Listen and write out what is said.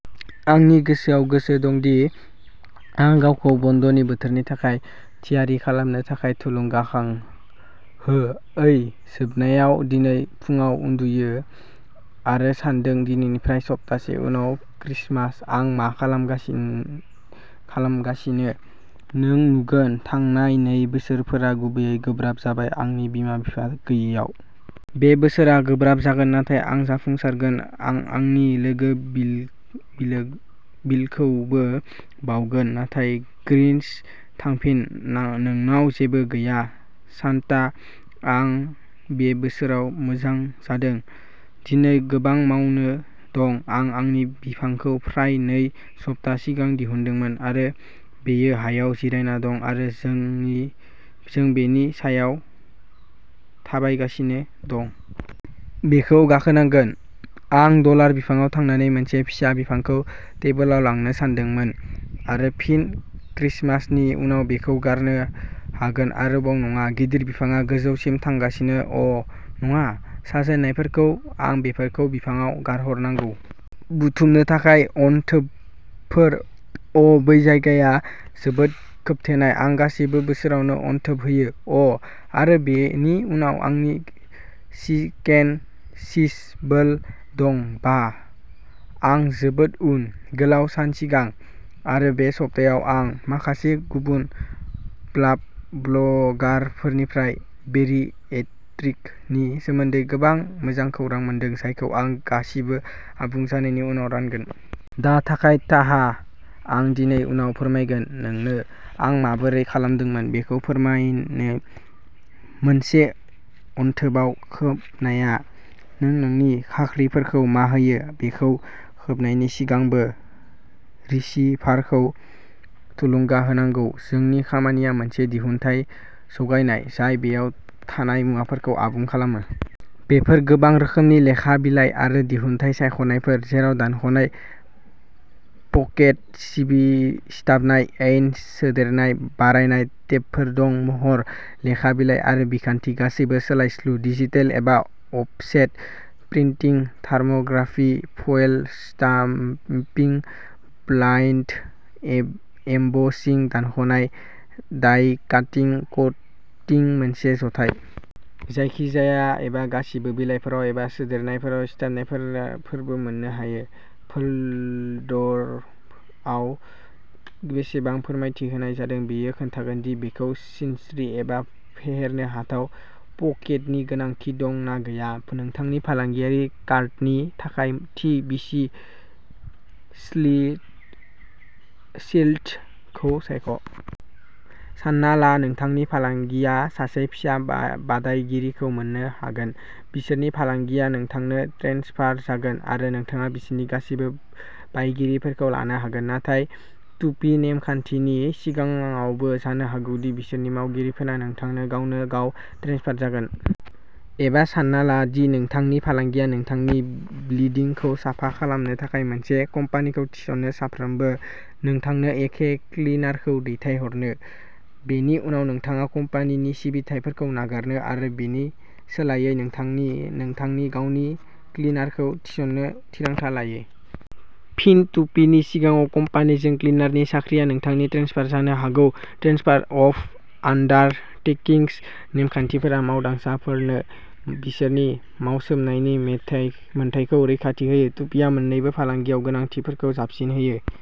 आंनि गोसोआव गोसो दं दि आं गावखौ बन्द'नि बोथोरनि थाखाय थियारि खालामनो थाखाय थुलुंगाखां हो। ओइ जोबनायाव दिनै फुंआव उन्दुयो आरो सान्दों दिनैनिफ्राय सप्तासे उनाव क्रिसमास, आं मा खालामगासिनो खालामगासिनो? नों नुगोन थांनाय नै बोसोरफोरा गुबैयै गोब्राब जाबाय आंनि बिमा-बिफा गैयैआव। बे बोसोरआ गोब्राब जागोन नाथाय आं जाफुंसारगोन। आं आंनि लोगो बिल बिलो बिलखौबो बावगोन। नाथाय ग्रिन्च थांफिन, नोंनाव जेबो गैया। सान्ता आं बे बोसोराव मोजां जादों। दिनै गोबां मावनो दं, आं आंनि बिफांखौ फ्राय नै सप्ताह सिगां दिहुनदोंमोन आरो बेयो हायाव जिरायना दं आरो जोंनि जों बेनि सायाव थाबायगासिनो दं। बेखौ गाखोनांगोन, आं डलार बिफांआव थांनानै मोनसे फिसा बिफांखौ टेबोलाव लांनो सानदोंमोन आरो फिन क्रिसमासनि उनाव बेखौ गारनो हागोन आरोबाव नङा। गिदिर बिफांआ गोजौसिम थांगासिनो, अ ' नङा। साजायनायफोरखौ आं बेफोरखौ बिफांआव गारहरनांगौ। बुथुमनो थाखाय अनथोबफोर, अ' बै जायगाया जोबोद खोबथेनाय। आं गासैबो बोसोरावनो अनथोब होयो। अ' आरो बेनि उनाव आंनि चिकेन चिजबोल दं बाह, आं जोबोद उन। गोलाव सान सिगां। आरो बे सप्तायाव आं माखासे गुबुन ब्ला ब्लगारफोरनिफ्राय बेरिएट्रिक नि सोमोन्दै गोबां मोजां खौरां मोनदों, जायखौ आं गासिबो आबुं जानायनि उनाव रानगोन। दा थाखाय ताहा आं दिनै उनाव फोरमायगोन नोंनो आं माबोरै खालामदोंमोन बेखौ फोरमायनो। मोनसे अनथोबआव खोबनाया। नों नोंनि खाख्रिफोरखौ मा होयो, बेखौ खोबनायनि सिगांबो रिसीभारखौ थुलुंगा होनांगौ। जोंनि खामानिया मोनसे दिहुनथाय जगायनाय, जाय बेयाव थानाय मुवाफोरखौ आबुं खालामो। बेफोर गोबां रोखोमनि लेखा बिलाइ आरो दिहुनथाय सायख'नायफोर, जेराव दानख'नाय पकेट, सिबि सिथाबनाय एन सोदेरनाय, बारायनाय टेबफोर दं महर, लेखा बिलाइ आरो बिखान्थि गासैबो सोलायस्लु। डिजिटेल एबा offset printing, thermography, foil stamping, blind uh embossing, दानख'नाय, डाइ काटिं, क'टिं मोनसे जथाय। जायखिजाया एबा गासिबो। बिलाइफोराव एबा सोदेरनायफोराव सिथाबनायफोरना फोरबो मोननो हायो। फोल्डरआव बेसेबां फोरमायथि होनाय जादों बेयो खोन्थागोन दि बेखौ सिनस्रि एबा फेहेरनो हाथाव पकेटनि गोनांथि दं ना गैया। नोंथांनि फालांगियारि कार्डनि थाखाय थि बिसि स्लि स्लिटखौ सायख'। सानना ला नोंथांनि फालांगिया सासे फिसा बा बादायगिरिखौ मोन्नो हागोन। बिसोरनि फालांगिया नोंथांनो ट्रेन्सफार जागोन, आरो नोंथाङा बिसोरनि गासिबो बायगिरिफोरखौ लानो हागोन। नाथाय टुपी नेमखान्थिनि सिङावबो जानो हागौ दि बिसोरनि मावगिरिफोरा नोंथांनो गावनो गाव ट्रेन्सफार जागोन। एबा सानना ला दि नोंथांनि फालांगिया नोंथांनि बिल्दिंखौ साफा खालामनो थाखाय मोनसे कम्पानिखौ थिसनो सानफ्रोमबो नोंथांनो एखे क्लिनारखौ दैथायहरनो। बेनि उनाव नोंथाङा कम्पानिनि सिबिथाइफोरखौ नागारनो आरो बेनि सोलायै नोंथांनि नोंथांनि गावनि क्लिनारखौ थिसननो थिरांथा लायो। फिन, टुपीनि सिगाङाव, कम्पानिजों क्लिनारनि साख्रिआ नोंथांनो ट्रेन्सफार जानो हागौ। ट्रेन्सफार अफ आन्डारटेकिंग्स नेमखान्थिफोरा मावदांसाफोरनो बिसोरनि मावसोमनायनि मोन्थाइखौ रैखाथि होयो। टुपीआ मोन्नैबो फालांगियाव गोनांथिफोरखौ जाबसिन होयो।